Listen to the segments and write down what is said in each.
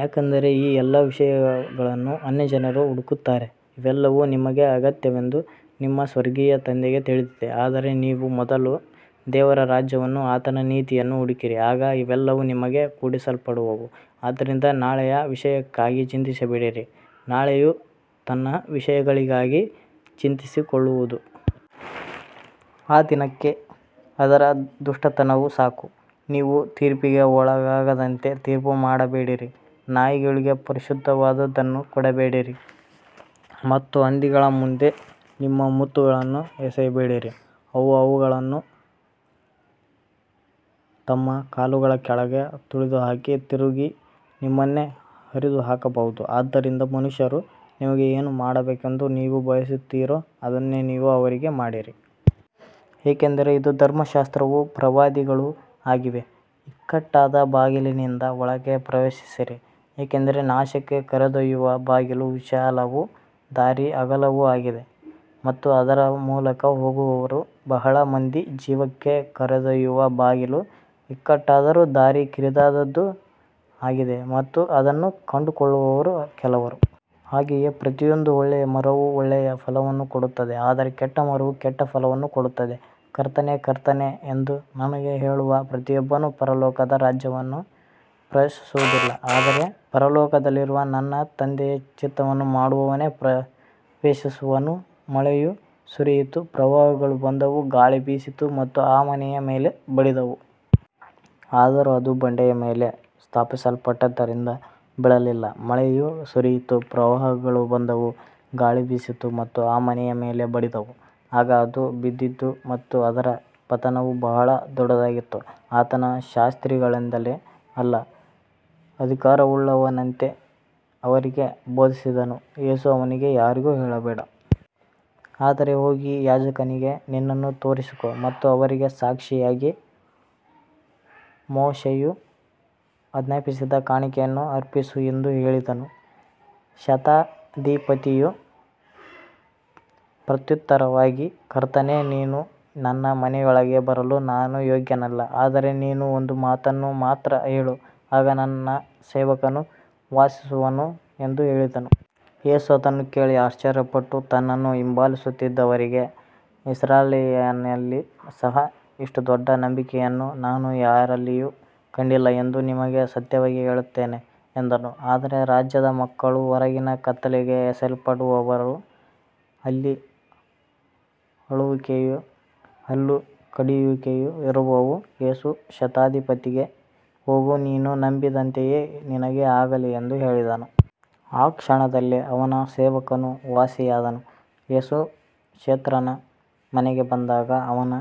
ಯಾಕಂದರೆ ಈ ಎಲ್ಲಾ ವಿಷಯಗಳನ್ನು ಅನ್ಯಜನರು ಹುಡುಕುತ್ತಾರೆ. ಇವೆಲ್ಲವೂ ನಿಮಗೆ ಅಗತ್ಯವೆಂದು ನಿಮ್ಮ ಸ್ವರ್ಗೀಯ ತಂದೆಗೆ ತಿಳಿದಿದೆ. ಆದರೆ ನೀವು ಮೊದಲು ದೇವರ ರಾಜ್ಯವನ್ನೂ ಆತನ ನೀತಿಯನ್ನೂ ಹುಡುಕಿರಿ, ಆಗ ಇವೆಲ್ಲವೂ ನಿಮಗೆ ಕೂಡಿಸಲ್ಪಡುವವು. ಆದ್ದರಿಂದ ನಾಳೆಯ ವಿಷಯಕ್ಕಾಗಿ ಚಿಂತಿಸಬೇಡಿರಿ, ನಾಳೆಯು ತನ್ನ ವಿಷಯಗಳಿಗಾಗಿ ಚಿಂತಿಸಿಕೊಳ್ಳುವುದು. ಆ ದಿನಕ್ಕೆ ಅದರ ದುಷ್ಟತನವು ಸಾಕು. ನೀವು ತೀರ್ಪಿಗೆ ಒಳಗಾಗದಂತೆ ತೀರ್ಪು ಮಾಡಬೇಡಿರಿ. ನಾಯಿಗಳಿಗೆ ಪರಿಶುದ್ಧವಾದದ್ದನ್ನು ಕೊಡಬೇಡಿರಿ ಮತ್ತು ಹಂದಿಗಳ ಮುಂದೆ ನಿಮ್ಮ ಮುತ್ತುಗಳನ್ನು ಎಸೆಯಬೇಡಿರಿ. ಅವು ಅವುಗಳನ್ನು ತಮ್ಮ ಕಾಲುಗಳ ಕೆಳಗೆ ತುಳಿದುಹಾಕಿ ತಿರುಗಿ ನಿಮ್ಮನ್ನೇ ಹರಿದುಹಾಕಬಹುದು. ಆದ್ದರಿಂದ ಮನುಷ್ಯರು ನಿಮಗೆ ಏನು ಮಾಡಬೇಕೆಂದು ನೀವು ಬಯಸುತ್ತೀರೋ ಅದನ್ನೇ ನೀವು ಅವರಿಗೂ ಮಾಡಿರಿ. ಏಕೆಂದರೆ ಇದು ಧರ್ಮಶಾಸ್ತ್ರವೂ ಪ್ರವಾದಿಗಳೂ ಆಗಿವೆ. ಇಕ್ಕಟ್ಟಾದ ಬಾಗಿಲಿನಿಂದ ಒಳಗೆ ಪ್ರವೇಶಿಸಿರಿ. ಏಕೆಂದರೆ ನಾಶಕ್ಕೆ ಕರೆದೊಯ್ಯುವ ಬಾಗಿಲು ವಿಶಾಲವೂ ದಾರಿ ಅಗಲವೂ ಆಗಿದೆ ಮತ್ತು ಅದರ ಮೂಲಕ ಹೋಗುವವರು ಬಹಳ ಮಂದಿ. ಜೀವಕ್ಕೆ ಕರೆದೊಯ್ಯುವ ಬಾಗಿಲು ಇಕ್ಕಟ್ಟಾದದ್ದೂ ದಾರಿ ಕಿರಿದಾದದ್ದೂ ಆಗಿದೆ ಮತ್ತು ಅದನ್ನು ಕಂಡುಕೊಳ್ಳುವವರು ಕೆಲವರು. ಹಾಗೆಯೇ ಪ್ರತಿಯೊಂದು ಒಳ್ಳೆಯ ಮರವು ಒಳ್ಳೆಯ ಫಲವನ್ನು ಕೊಡುತ್ತದೆ, ಆದರೆ ಕೆಟ್ಟ ಮರವು ಕೆಟ್ಟ ಫಲವನ್ನು ಕೊಡುತ್ತದೆ. ಕರ್ತನೇ, ಕರ್ತನೇ ಎಂದು ನನಗೆ ಹೇಳುವ ಪ್ರತಿಯೊಬ್ಬನು ಪರಲೋಕದ ರಾಜ್ಯವನ್ನು ಪ್ರವೇಶಿಸುವುದಿಲ್ಲ. ಆದರೆ ಪರಲೋಕದಲ್ಲಿರುವ ನನ್ನ ತಂದೆಯ ಚಿತ್ತವನ್ನು ಮಾಡುವವನೇ ಪ್ರವೇಶಿಸುವನು. ಮಳೆಯು ಸುರಿಯಿತು, ಪ್ರವಾಹಗಳು ಬಂದವು, ಗಾಳಿ ಬೀಸಿತು ಮತ್ತು ಆ ಮನೆಯ ಮೇಲೆ ಬಡಿದವು. ಆದರೂ ಅದು ಬಂಡೆಯ ಮೇಲೆ ಸ್ಥಾಪಿಸಲ್ಪಟ್ಟಿದ್ದರಿಂದ ಬೀಳಲಿಲ್ಲ. ಮಳೆಯು ಸುರಿಯಿತು, ಪ್ರವಾಹಗಳು ಬಂದವು, ಗಾಳಿ ಬೀಸಿತು ಮತ್ತು ಆ ಮನೆಯ ಮೇಲೆ ಬಡಿದವು. ಆಗ ಅದು ಬಿದ್ದಿತು ಮತ್ತು ಅದರ ಪತನವು ಬಹಳ ದೊಡ್ಡದಾಗಿತ್ತು. ಆತನು ಶಾಸ್ತ್ರಿಗಳಂತೆ ಅಲ್ಲ, ಅಧಿಕಾರವುಳ್ಳವನಂತೆ ಅವರಿಗೆ ಬೋಧಿಸಿದನು. ಯೇಸು ಅವನಿಗೆ, ಯಾರಿಗೂ ಹೇಳಬೇಡ. ಆದರೆ ಹೋಗಿ ಯಾಜಕನಿಗೆ ನಿನ್ನನ್ನು ತೋರಿಸಿಕೊ ಮತ್ತು ಅವರಿಗೆ ಸಾಕ್ಷಿಯಾಗಿ ಮೋಶೆಯು ಆಜ್ಞಾಪಿಸಿದ ಕಾಣಿಕೆಯನ್ನು ಅರ್ಪಿಸು ಎಂದು ಹೇಳಿದನು. ಶತಾಧಿಪತಿಯು ಪ್ರತ್ಯುತ್ತರವಾಗಿ, ಕರ್ತನೇ, ನೀನು ನನ್ನ ಮನೆಯೊಳಗೆ ಬರಲು ನಾನು ಯೋಗ್ಯನಲ್ಲ. ಆದರೆ ನೀನು ಒಂದು ಮಾತನ್ನು ಮಾತ್ರ ಹೇಳು, ಆಗ ನನ್ನ ಸೇವಕನು ವಾಸಿಯಾಗುವನು ಎಂದು ಹೇಳಿದನು. ಯೇಸು ಅದನ್ನು ಕೇಳಿ ಆಶ್ಚರ್ಯಪಟ್ಟು, ತನ್ನನ್ನು ಹಿಂಬಾಲಿಸುತ್ತಿದ್ದವರಿಗೆ, ಇಸ್ರಾಯೇಲಿನಲ್ಲಿ ಸಹ ಇಷ್ಟು ದೊಡ್ಡ ನಂಬಿಕೆಯನ್ನು ನಾನು ಯಾರಲ್ಲಿಯೂ ಕಂಡಿಲ್ಲ ಎಂದು ನಿಮಗೆ ಸತ್ಯವಾಗಿ ಹೇಳುತ್ತೇನೆ ಎಂದನು. ಆದರೆ ರಾಜ್ಯದ ಮಕ್ಕಳು ಹೊರಗಿನ ಕತ್ತಲೆಗೆ ಎಸೆಯಲ್ಪಡುವರು. ಅಲ್ಲಿ ಅಳುವಿಕೆಯೂ ಹಲ್ಲು ಕಡಿಯುವಿಕೆಯೂ ಇರುವವು. ಯೇಸು ಶತಾಧಿಪತಿಗೆ, ಹೋಗು, ನೀನು ನಂಬಿದಂತೆಯೇ ನಿನಗೆ ಆಗಲಿ ಎಂದು ಹೇಳಿದನು. ಆ ಕ್ಷಣದಲ್ಲೇ ಅವನ ಸೇವಕನು ವಾಸಿಯಾದನು. ಯೇಸು ಪೇತ್ರನ ಮನೆಗೆ ಬಂದಾಗ, ಅವನ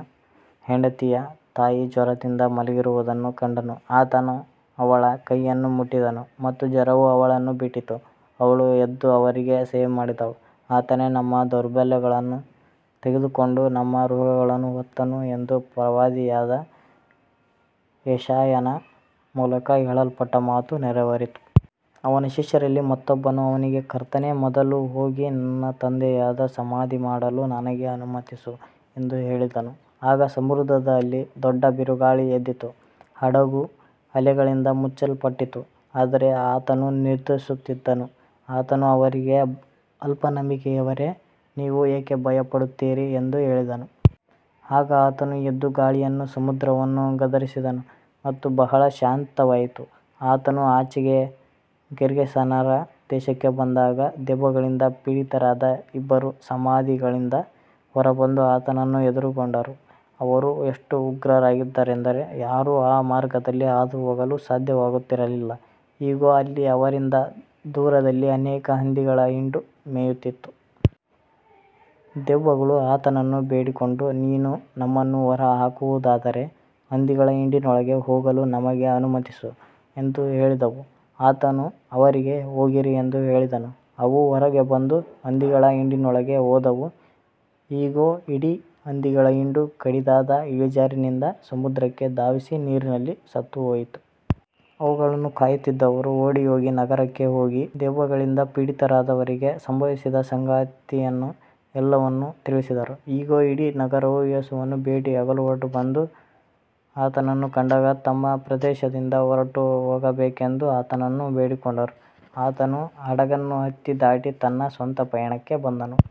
ಹೆಂಡತಿಯ ತಾಯಿ ಜ್ವರದಿಂದ ಮಲಗಿರುವುದನ್ನು ಕಂಡನು. ಆತನು ಅವಳ ಕೈಯನ್ನು ಮುಟ್ಟಿದನು ಮತ್ತು ಜ್ವರವು ಅವಳನ್ನು ಬಿಟ್ಟಿತು. ಅವಳು ಎದ್ದು ಅವರಿಗೆ ಸೇವೆಮಾಡಿದಳು. ಆತನೇ ನಮ್ಮ ದೌರ್ಬಲ್ಯಗಳನ್ನು ತೆಗೆದುಕೊಂಡು ನಮ್ಮ ರೋಗಗಳನ್ನು ಹೊತ್ತನು ಎಂದು ಪ್ರವಾದಿಯಾದ ಯೆಶಾಯನ ಮೂಲಕ ಹೇಳಲ್ಪಟ್ಟ ಮಾತು ನೆರವೇರಿತು. ಅವನ ಶಿಷ್ಯರಲ್ಲಿ ಮತ್ತೊಬ್ಬನು ಅವನಿಗೆ, ಕರ್ತನೇ, ಮೊದಲು ಹೋಗಿ ನನ್ನ ತಂದೆಯನ್ನು ಸಮಾಧಿ ಮಾಡಲು ನನಗೆ ಅನುಮತಿಸು ಎಂದು ಹೇಳಿದನು. ಆಗ ಸಮುದ್ರದಲ್ಲಿ ದೊಡ್ಡ ಬಿರುಗಾಳಿ ಎದ್ದಿತು. ಹಡಗು ಅಲೆಗಳಿಂದ ಮುಚ್ಚಲ್ಪಟ್ಟಿತು, ಆದರೆ ಆತನು ನಿದ್ರಿಸುತ್ತಿದ್ದನು. ಆತನು ಅವರಿಗೆ, ಅಲ್ಪನಂಬಿಕೆಯವರೇ, ನೀವು ಏಕೆ ಭಯಪಡುತ್ತೀರಿ ಎಂದು ಹೇಳಿದನು. ಆಗ ಆತನು ಎದ್ದು ಗಾಳಿಯನ್ನೂ ಸಮುದ್ರವನ್ನೂ ಗದರಿಸಿದನು ಮತ್ತು ಬಹಳ ಶಾಂತವಾಯಿತು. ಆತನು ಆಚೆಗೆ ಗೆರ್ಗೆಸೇನರ ದೇಶಕ್ಕೆ ಬಂದಾಗ, ದೆವ್ವಗಳಿಂದ ಪೀಡಿತರಾದ ಇಬ್ಬರು ಸಮಾಧಿಗಳಿಂದ ಹೊರಬಂದು ಆತನನ್ನು ಎದುರುಗೊಂಡರು. ಅವರು ಎಷ್ಟು ಉಗ್ರರಾಗಿದ್ದರೆಂದರೆ ಯಾರೂ ಆ ಮಾರ್ಗದಲ್ಲಿ ಹಾದುಹೋಗಲು ಸಾಧ್ಯವಾಗುತ್ತಿರಲಿಲ್ಲ. ಇಗೋ, ಅಲ್ಲಿ ಅವರಿಂದ ದೂರದಲ್ಲಿ ಅನೇಕ ಹಂದಿಗಳ ಹಿಂಡು ಮೇಯುತ್ತಿತ್ತು. ದೆವ್ವಗಳು ಆತನನ್ನು ಬೇಡಿಕೊಂಡು, ನೀನು ನಮ್ಮನ್ನು ಹೊರಹಾಕುವುದಾದರೆ, ಹಂದಿಗಳ ಹಿಂಡಿನೊಳಗೆ ಹೋಗಲು ನಮಗೆ ಅನುಮತಿಸು ಎಂದು ಹೇಳಿದವು. ಆತನು ಅವರಿಗೆ, ಹೋಗಿರಿ ಎಂದು ಹೇಳಿದನು. ಅವು ಹೊರಗೆ ಬಂದು ಹಂದಿಗಳ ಹಿಂಡಿನೊಳಗೆ ಹೋದವು. ಇಗೋ, ಇಡೀ ಹಂದಿಗಳ ಹಿಂಡು ಕಡಿದಾದ ಇಳಿಜಾರಿನಿಂದ ಸಮುದ್ರಕ್ಕೆ ಧಾವಿಸಿ ನೀರಿನಲ್ಲಿ ಸತ್ತುಹೋಯಿತು. ಅವುಗಳನ್ನು ಕಾಯುತ್ತಿದ್ದವರು ಓಡಿಹೋಗಿ ನಗರಕ್ಕೆ ಹೋಗಿ, ದೆವ್ವಗಳಿಂದ ಪೀಡಿತರಾದವರಿಗೆ ಸಂಭವಿಸಿದ ಸಂಗತಿಯನ್ನೂ ಎಲ್ಲವನ್ನೂ ತಿಳಿಸಿದರು. ಇಗೋ, ಇಡೀ ನಗರವು ಯೇಸುವನ್ನು ಭೇಟಿಯಾಗಲು ಹೊರಟುಬಂದು, ಆತನನ್ನು ಕಂಡಾಗ ತಮ್ಮ ಪ್ರದೇಶದಿಂದ ಹೊರಟುಹೋಗಬೇಕೆಂದು ಆತನನ್ನು ಬೇಡಿಕೊಂಡರು. ಆತನು ಹಡಗನ್ನು ಹತ್ತಿ ದಾಟಿ ತನ್ನ ಸ್ವಂತ ಪಯಾಣಕ್ಕೆ ಬಂದನು.